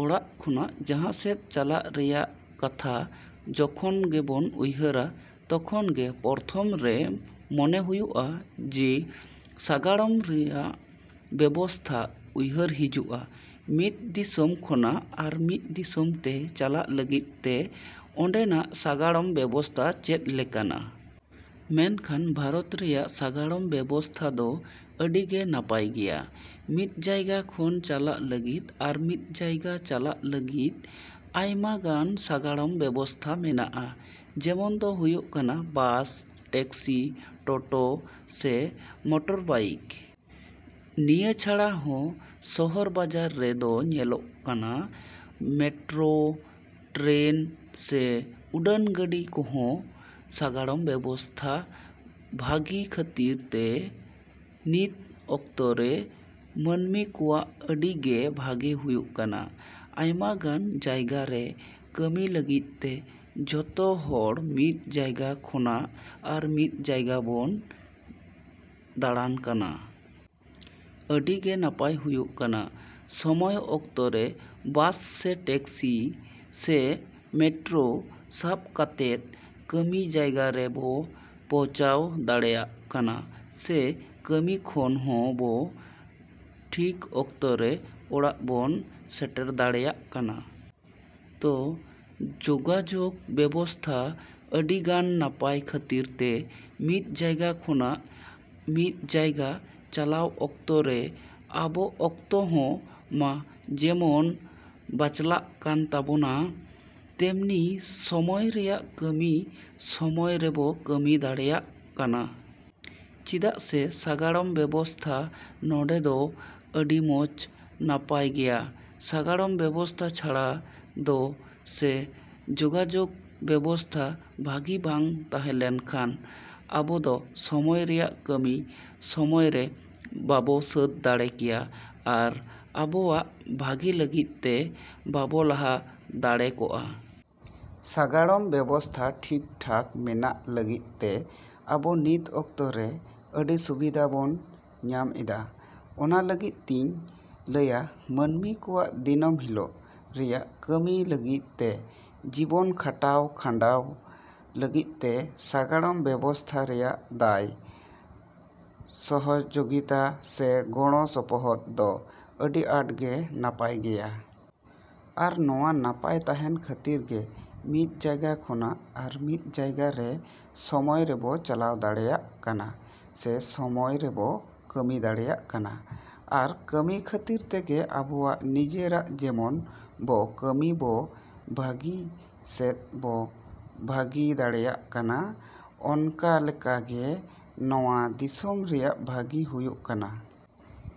ᱚᱲᱟᱜ ᱠᱷᱚᱱᱟᱜ ᱡᱟᱦᱟᱸ ᱥᱮᱫ ᱪᱟᱞᱟᱜ ᱨᱮᱭᱟᱜ ᱠᱟᱛᱷᱟ ᱡᱚᱠᱷᱚᱱ ᱜᱮᱵᱚᱱ ᱩᱭᱦᱟᱹᱨᱟ, ᱛᱚᱠᱷᱚᱱ ᱜᱮ ᱯᱨᱚᱛᱷᱚᱢ ᱨᱮ ᱢᱚᱱᱮ ᱦᱩᱭᱩᱜᱼᱟ ᱡᱮ ᱥᱟᱜᱟᱲᱚᱢ ᱨᱮᱭᱟᱜ ᱵᱮᱵᱚᱥᱛᱷᱟ ᱩᱭᱦᱟᱹᱨ ᱦᱤᱡᱩᱜᱼᱟ᱾ ᱢᱤᱫ ᱫᱤᱥᱚᱢ ᱠᱷᱚᱱᱟᱜ ᱟᱨ ᱢᱤᱫ ᱫᱤᱥᱚᱢ ᱛᱮ ᱪᱟᱞᱟᱜ ᱞᱟᱹᱜᱤᱫ ᱛᱮ ᱚᱸᱰᱮᱱᱟᱜ ᱥᱟᱜᱟᱲᱚᱢ ᱵᱮᱵᱚᱥᱛᱷᱟ ᱪᱮᱫ ᱞᱮᱠᱟᱱᱟ? ᱢᱮᱱᱠᱷᱟᱱ ᱵᱷᱟᱨᱚᱛ ᱨᱮᱭᱟᱜ ᱥᱟᱜᱟᱲᱚᱢ ᱵᱮᱵᱚᱥᱛᱷᱟ ᱫᱚ ᱟᱹᱰᱤ ᱜᱮ ᱱᱟᱯᱟᱭ ᱜᱮᱭᱟ᱾ ᱢᱤᱫ ᱡᱟᱭᱜᱟ ᱠᱷᱚᱱ ᱪᱟᱞᱟᱜ ᱞᱟᱹᱜᱤᱫ ᱟᱨ ᱢᱤᱫ ᱡᱟᱭᱜᱟ ᱪᱟᱞᱟᱜ ᱞᱟᱹᱜᱤᱫ ᱟᱭᱢᱟ ᱜᱟᱱ ᱥᱟᱜᱟᱲᱚᱢ ᱵᱮᱵᱚᱥᱛᱷᱟ ᱢᱮᱱᱟᱜᱼᱟ᱾ ᱡᱮᱢᱚᱱ ᱫᱚ ᱦᱩᱭᱩᱜ ᱠᱟᱱᱟ ᱵᱟᱥ, ᱴᱮᱠᱥᱤ, ᱴᱚᱴᱚ ᱥᱮ ᱢᱚᱴᱚᱨᱵᱟᱭᱤᱠ᱾ ᱱᱤᱭᱟᱹ ᱪᱷᱟᱲᱟ ᱦᱚᱸ ᱥᱚᱦᱚᱨ ᱵᱟᱡᱟᱨ ᱨᱮ ᱫᱚ ᱧᱮᱞᱚᱜᱚᱜ ᱠᱟᱱᱟ ᱢᱮᱴᱨᱚ ᱴᱨᱮᱱ ᱥᱮ ᱩᱰᱟᱹᱱ ᱜᱟᱹᱰᱤ ᱠᱚᱦᱚᱸ᱾ ᱥᱟᱜᱟᱲᱚᱢ ᱵᱮᱵᱚᱥᱛᱷᱟ ᱵᱷᱟᱹᱜᱤ ᱠᱷᱟᱹᱛᱤᱨ ᱛᱮ ᱱᱤᱛ ᱚᱠᱛᱚ ᱨᱮ ᱢᱟᱹᱱᱢᱤ ᱠᱚᱣᱟᱜ ᱟᱹᱰᱤ ᱜᱮ ᱵᱷᱟᱜᱮ ᱦᱩᱭᱩᱜ ᱠᱟᱱᱟ᱾ ᱟᱭᱢᱟ ᱜᱟᱱ ᱡᱟᱭᱜᱟ ᱨᱮ ᱠᱟᱹᱢᱤ ᱞᱟᱹᱜᱤᱫ ᱛᱮ ᱡᱷᱚᱛᱚ ᱦᱚᱲ ᱢᱤᱫ ᱡᱟᱭᱜᱟ ᱠᱷᱚᱱᱟᱜ ᱟᱨ ᱢᱤᱫ ᱡᱟᱭᱜᱟ ᱵᱚᱱ ᱫᱟᱲᱟᱱ ᱠᱟᱱᱟ᱾ ᱟᱹᱰᱤ ᱜᱮ ᱱᱟᱯᱟᱭ ᱦᱩᱭᱩᱜ ᱠᱟᱱᱟ ᱥᱚᱢᱚᱭ ᱚᱠᱛᱚ ᱨᱮ ᱵᱟᱥ ᱥᱮ ᱴᱮᱠᱥᱤ ᱥᱮ ᱢᱮᱴᱨᱚ ᱥᱟᱵ ᱠᱟᱛᱮᱫ ᱠᱟᱹᱢᱤ ᱡᱟᱭᱜᱟ ᱨᱮᱵᱚ ᱯᱚᱪᱷᱟᱣ ᱫᱟᱲᱮᱭᱟᱜ ᱠᱟᱱᱟ ᱥᱮ ᱠᱟᱹᱢᱤ ᱠᱷᱚᱱ ᱦᱚᱸ ᱵᱚ ᱴᱷᱤᱠ ᱚᱠᱛᱚ ᱨᱮ ᱚᱲᱟᱜ ᱵᱚᱱ ᱥᱮᱴᱮᱨ ᱫᱟᱲᱮᱭᱟᱜ ᱠᱟᱱᱟ᱾ ᱛᱚ ᱡᱚᱜᱟᱡᱚᱜᱽ ᱵᱮᱵᱚᱥᱛᱷᱟ ᱟᱹᱰᱤ ᱜᱟᱱ ᱱᱟᱯᱟᱭ ᱠᱷᱟᱹᱛᱤᱨ ᱛᱮ ᱢᱤᱫ ᱡᱟᱭᱜᱟ ᱠᱷᱚᱱᱟᱜ ᱢᱤᱫ ᱡᱟᱭᱜᱟ ᱪᱟᱞᱟᱣ ᱚᱠᱛᱚ ᱨᱮ ᱟᱵᱚ ᱚᱠᱛᱚ ᱦᱚᱸ ᱢᱟ ᱡᱮᱢᱚᱱ ᱵᱟᱪᱞᱟᱜ ᱠᱟᱱ ᱛᱟᱵᱚᱱᱟ ᱛᱮᱢᱱᱤ ᱥᱚᱢᱚᱭ ᱨᱮᱭᱟᱜ ᱠᱟᱹᱢᱤ ᱥᱚᱢᱚᱭ ᱨᱮᱵᱚ ᱠᱟᱹᱢᱤ ᱫᱟᱲᱮᱭᱟᱜ ᱠᱟᱱᱟ᱾ ᱪᱮᱫᱟᱜ ᱥᱮ ᱥᱟᱜᱟᱲᱚᱢ ᱵᱮᱵᱚᱥᱛᱷᱟ ᱱᱚᱰᱮ ᱫᱚ ᱟᱹᱰᱤ ᱢᱚᱸᱡᱽ ᱱᱟᱯᱟᱭ ᱜᱮᱭᱟ᱾ ᱥᱟᱜᱟᱲᱚᱢ ᱵᱮᱵᱚᱥᱛᱷᱟ ᱪᱷᱟᱲᱟ ᱫᱚ ᱥᱮ ᱡᱚᱜᱟᱡᱚᱜᱽ ᱵᱮᱵᱚᱥᱛᱷᱟ ᱵᱷᱟᱹᱜᱤ ᱵᱟᱝ ᱛᱟᱦᱮᱸ ᱞᱮᱱ ᱠᱷᱟᱱ ᱟᱵᱚ ᱫᱚ ᱥᱚᱢᱚᱭ ᱨᱮᱭᱟᱜ ᱠᱟᱹᱢᱤ ᱥᱚᱢᱚᱭ ᱨᱮ ᱵᱟᱵᱚ ᱥᱟᱹᱛ ᱫᱟᱲᱮ ᱠᱮᱭᱟ ᱟᱨ ᱟᱵᱚᱣᱟᱜ ᱵᱷᱟᱹᱜᱤ ᱞᱟᱹᱜᱤᱫ ᱛᱮ ᱵᱟᱵᱚ ᱞᱟᱦᱟ ᱫᱟᱲᱮ ᱠᱚᱜᱼᱟ᱾ ᱥᱟᱜᱟᱲᱚᱢ ᱵᱮᱵᱚᱥᱛᱷᱟ ᱴᱷᱤᱠ ᱴᱷᱟᱠ ᱢᱮᱱᱟᱜ ᱞᱟᱹᱜᱤᱫ ᱛᱮ ᱟᱹᱵᱚ ᱱᱤᱛ ᱚᱠᱛᱚ ᱨᱮ ᱟᱹᱰᱤ ᱥᱩᱵᱤᱫᱷᱟ ᱵᱚᱱ ᱧᱟᱢ ᱮᱫᱟ᱾ ᱚᱱᱟ ᱞᱟᱹᱜᱤᱫ ᱛᱤᱧ ᱞᱟᱹᱭᱟ ᱢᱟᱹᱱᱢᱤ ᱠᱚᱣᱟᱜ ᱫᱤᱱᱟᱹᱢ ᱦᱤᱞᱚᱜ ᱨᱮᱭᱟᱜ ᱠᱟᱹᱢᱤ ᱞᱟᱹᱜᱤᱫ ᱛᱮ, ᱡᱤᱵᱚᱱ ᱠᱷᱟᱴᱟᱣ ᱠᱷᱟᱸᱰᱟᱣ ᱞᱟᱹᱜᱤᱫ ᱛᱮ ᱥᱟᱜᱟᱲᱚᱢ ᱵᱮᱵᱚᱥᱛᱷᱟ ᱨᱮᱭᱟᱜ ᱫᱟᱭ, ᱥᱚᱦᱚᱡᱚᱜᱤᱛᱟ ᱥᱮ ᱜᱚᱲᱚ ᱥᱚᱯᱚᱦᱚᱫ ᱫᱚ ᱟᱹᱰᱤ ᱟᱴ ᱜᱮ ᱱᱟᱯᱟᱭ ᱜᱮᱭᱟ᱾ ᱟᱨ ᱱᱚᱶᱟ ᱱᱟᱯᱟᱭ ᱛᱟᱦᱮᱱ ᱠᱷᱟᱹᱛᱤᱨ ᱜᱮ ᱢᱤᱫ ᱡᱟᱭᱜᱟ ᱠᱷᱚᱱᱟᱜ ᱟᱨ ᱢᱤᱫ ᱡᱟᱭᱜᱟ ᱨᱮ ᱥᱚᱢᱚᱭ ᱨᱮᱵᱚ ᱪᱟᱞᱟᱣ ᱫᱟᱲᱮᱭᱟᱜ ᱠᱟᱱᱟ ᱥᱮ ᱥᱚᱢᱚᱭ ᱨᱮᱵᱚ ᱠᱟᱹᱢᱤ ᱫᱟᱲᱮᱭᱟᱜ ᱠᱟᱱᱟ᱾ ᱟᱨ ᱠᱟᱹᱢᱤ ᱠᱷᱟᱹᱛᱤᱨ ᱛᱮᱜᱮ ᱟᱵᱚᱣᱟᱜ ᱱᱤᱡᱮᱨᱟᱜ ᱡᱮᱢᱚᱱ ᱵᱚ ᱠᱟᱹᱢᱤ ᱵᱚ ᱵᱷᱟᱹᱜᱤ ᱥᱮᱫ ᱵᱚ ᱵᱷᱟᱹᱜᱤ ᱫᱟᱲᱮᱭᱟᱜ ᱠᱟᱱᱟ, ᱚᱱᱠᱟ ᱞᱮᱠᱟ ᱜᱮ ᱱᱚᱶᱟ ᱫᱤᱥᱚᱢ ᱨᱮᱭᱟᱜ ᱵᱷᱟᱹᱜᱤ ᱦᱩᱭᱩᱜ ᱠᱟᱱᱟ᱾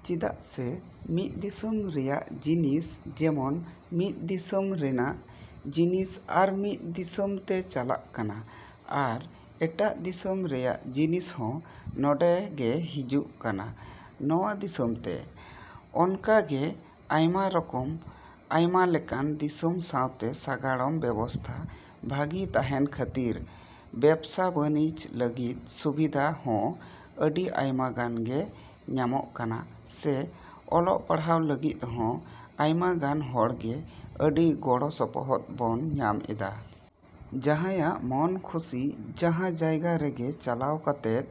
ᱪᱮᱫᱟᱜ ᱥᱮ ᱢᱤᱫ ᱫᱤᱥᱚᱢ ᱨᱮᱭᱟᱜ ᱡᱤᱱᱤᱥ ᱡᱮᱢᱚᱱ ᱢᱤᱫ ᱫᱤᱥᱚᱢ ᱨᱮᱱᱟᱜ ᱡᱤᱱᱤᱥ ᱟᱨ ᱢᱤᱫ ᱫᱤᱥᱚᱢ ᱛᱮ ᱪᱟᱞᱟᱜ ᱠᱟᱱᱟ ᱟᱨ ᱮᱴᱟᱜ ᱫᱤᱥᱚᱢ ᱨᱮᱭᱟᱜ ᱡᱤᱱᱤᱥ ᱦᱚᱸ ᱱᱚᱰᱮ ᱜᱮ ᱦᱤᱡᱩᱜ ᱠᱟᱱᱟ ᱱᱚᱶᱟ ᱫᱤᱥᱚᱢ ᱛᱮ᱾ ᱚᱱᱠᱟ ᱜᱮ ᱟᱭᱢᱟ ᱨᱚᱠᱚᱢ, ᱟᱭᱢᱟ ᱞᱮᱠᱟᱱ ᱫᱤᱥᱚᱢ ᱥᱟᱶᱛᱮ ᱥᱟᱜᱟᱲᱚᱢ ᱵᱮᱵᱚᱥᱛᱷᱟ ᱵᱷᱟᱹᱜᱤ ᱛᱟᱦᱮᱱ ᱠᱷᱟᱹᱛᱤᱨ ᱵᱮᱵᱽᱥᱟ ᱵᱟᱹᱱᱤᱡᱡᱚ ᱞᱟᱹᱜᱤᱫ ᱥᱩᱵᱤᱫᱷᱟ ᱦᱚᱸ ᱟᱹᱰᱤ ᱟᱭᱢᱟ ᱜᱟᱱ ᱜᱮ ᱧᱟᱢᱚᱜ ᱠᱟᱱᱟ ᱥᱮ ᱚᱞᱚᱜ ᱯᱟᱲᱦᱟᱜ ᱞᱟᱹᱜᱤᱫ ᱦᱚᱸ ᱟᱭᱢᱟ ᱜᱟᱱ ᱦᱚᱲ ᱜᱮ ᱟᱹᱰᱤ ᱜᱚᱲᱚ ᱥᱚᱯᱚᱦᱚᱫ ᱵᱚᱱ ᱧᱟᱢ ᱮᱫᱟ᱾ ᱡᱟᱦᱟᱸᱭᱟᱜ ᱢᱚᱱ ᱠᱷᱩᱥᱤ ᱡᱟᱦᱟᱸ ᱡᱟᱭᱜᱟ ᱨᱮᱜᱮ ᱪᱟᱞᱟᱣ ᱠᱟᱛᱮᱫ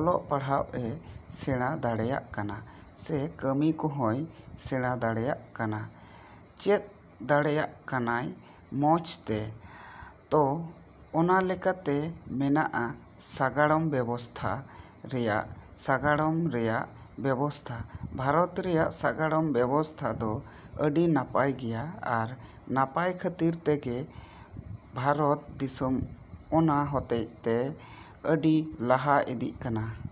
ᱚᱞᱚᱜ ᱯᱟᱲᱦᱟᱣ ᱮ ᱥᱮᱬᱟ ᱫᱟᱲᱮᱭᱟᱜ ᱠᱟᱱᱟ ᱥᱮ ᱠᱟᱹᱢᱤ ᱠᱚᱦᱚᱸᱭ ᱥᱮᱬᱟ ᱫᱟᱲᱮᱭᱟᱜ ᱠᱟᱱᱟ, ᱪᱮᱫ ᱫᱟᱲᱮᱭᱟᱜ ᱠᱟᱱᱟᱭ ᱢᱚᱸᱡᱽ ᱛᱮ᱾ ᱛᱚ ᱚᱱᱟ ᱞᱮᱠᱟ ᱛᱮ ᱢᱮᱱᱟᱜᱼᱟ ᱥᱟᱜᱟᱲᱚᱢ ᱵᱮᱵᱚᱥᱛᱷᱟ ᱨᱮᱭᱟᱜ ᱥᱟᱜᱟᱲᱚᱢ ᱨᱮᱭᱟᱜ ᱵᱮᱵᱚᱥᱛᱷᱟ ᱵᱷᱟᱨᱚᱛ ᱨᱮᱭᱟᱜ ᱥᱟᱜᱟᱲᱚᱢ ᱵᱮᱵᱚᱥᱛᱷᱟ ᱫᱚ ᱟᱹᱰᱤ ᱱᱟᱯᱟᱭ ᱜᱮᱭᱟ ᱟᱨ ᱱᱟᱯᱟᱭ ᱠᱷᱟᱹᱛᱤᱨ ᱛᱮᱜᱮ ᱵᱷᱟᱨᱚᱛ ᱫᱤᱥᱚᱢ ᱚᱱᱟ ᱦᱚᱛᱮᱛᱮ ᱟᱹᱰᱤ ᱞᱟᱦᱟ ᱤᱫᱤᱜ ᱠᱟᱱᱟ᱾